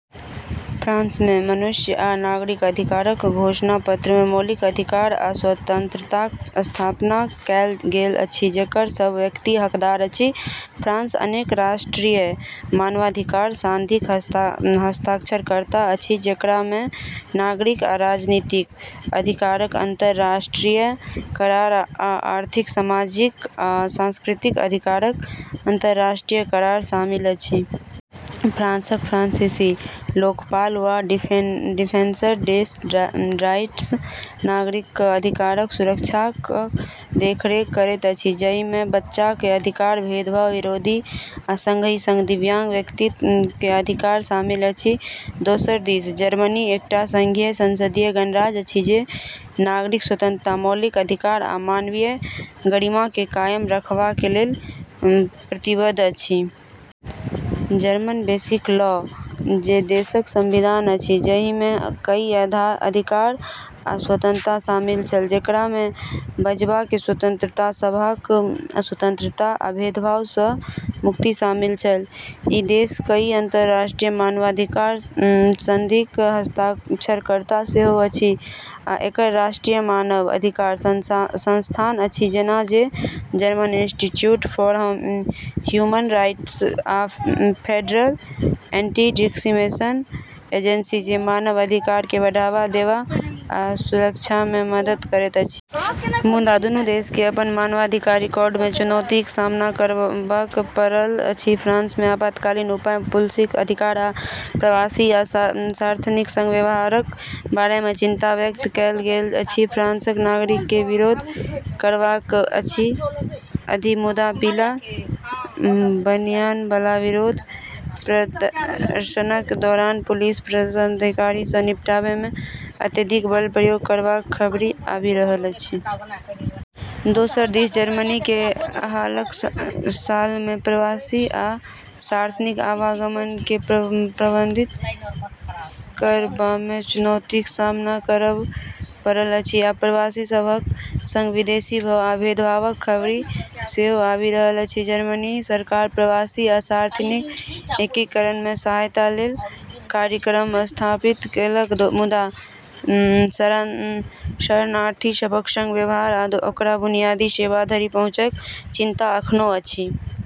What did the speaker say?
फ्रांसमे मनुष्य आ नागरिकक अधिकारक घोषणापत्रमे मौलिक अधिकार आ स्वतंत्रताक स्थापना कएल गेल अछि जेकर सभ व्यक्ति हकदार अछि। फ्रांस अनेक अंतर्राष्ट्रीय मानवाधिकार संधिक हस्ताक्षरकर्ता अछि, जेकरामे नागरिक आ राजनीतिक अधिकारक अंतर्राष्ट्रीय करार आ आर्थिक, सामाजिक आ सांस्कृतिक अधिकारक अंतर्राष्ट्रीय करार शामिल अछि। फ्रांसक फ्रांसीसी लोकपाल वा डिफेन्सर डेस ड्रॉइट्स नागरिकक अधिकारक सुरक्षाक देखरेख करैत अछि, जाहिमे बच्चाक अधिकार, भेदभाव विरोधी, आ संगहि संग दिव्यांग व्यक्तिक अधिकार शामिल अछि। दोसर दिस जर्मनी एकटा संघीय संसदीय गणराज्य अछि जे नागरिक स्वतंत्रता, मौलिक अधिकार, आ मानवीय गरिमाकेँ कायम रखबा लेल प्रतिबद्ध अछि। जर्मन बेसिक लॉ, जे देशक संविधान अछि, जाहिमे कई अधिकार आ स्वतंत्रता शामिल छल, जेकरामे बाजबाक स्वतंत्रता, सभाक स्वतंत्रता, आ भेदभाव सँ मुक्ति शामिल छल। ई देश कई अंतर्राष्ट्रीय मानवाधिकार संधिक हस्ताक्षरकर्ता सेहो अछि, आ एकर राष्ट्रीय मानव अधिकार संस्थान अछि, जेना जे German institute for human rights आ फेडरल एंटी-डिस्क्रिमिनेशन एजेंसी, जे मानव अधिकारकेँ बढ़ावा देबा आ सुरक्षामे मदद करैत अछि। मुदा दुनू देशकेँ अपन मानवाधिकार रिकॉर्डमे चुनौतीक सामना करब पड़ल अछि। फ्रांसमे आपातकालीन उपाय, पुलिसक अधिकार, आ प्रवासी आ शरणार्थीक संग व्यवहारक बारेमे चिंता व्यक्त कएल गेल अछि। फ्रांसक नागरिककेँ विरोध करबाक अधिकार अछि, मुदा पीला बनियान बला विरोध प्रदर्शनक दौरान पुलिस प्रदर्शनकारी सँ निपटबामे अत्यधिक बल प्रयोग करबाक खबरि आबि रहल अछि। दोसर दिस जर्मनीकेँ हालक सालमे प्रवासी आ शरणार्थीक आवागमनकेँ प्रबंधित करबामे चुनौतीक सामना करब पड़ल अछि, आ प्रवासी सभक संग विदेशी भय आ भेदभावक खबरि सेहो आबि रहल अछि। जर्मनी सरकार प्रवासी आ शरणार्थीक एकीकरणमे सहायता लेल कार्यक्रम स्थापित केलक, मुदा शरणार्थी सभक संग व्यवहार आ ओकरा बुनियादी सेवा धरि पहुँचक चिंता अखनो अछि।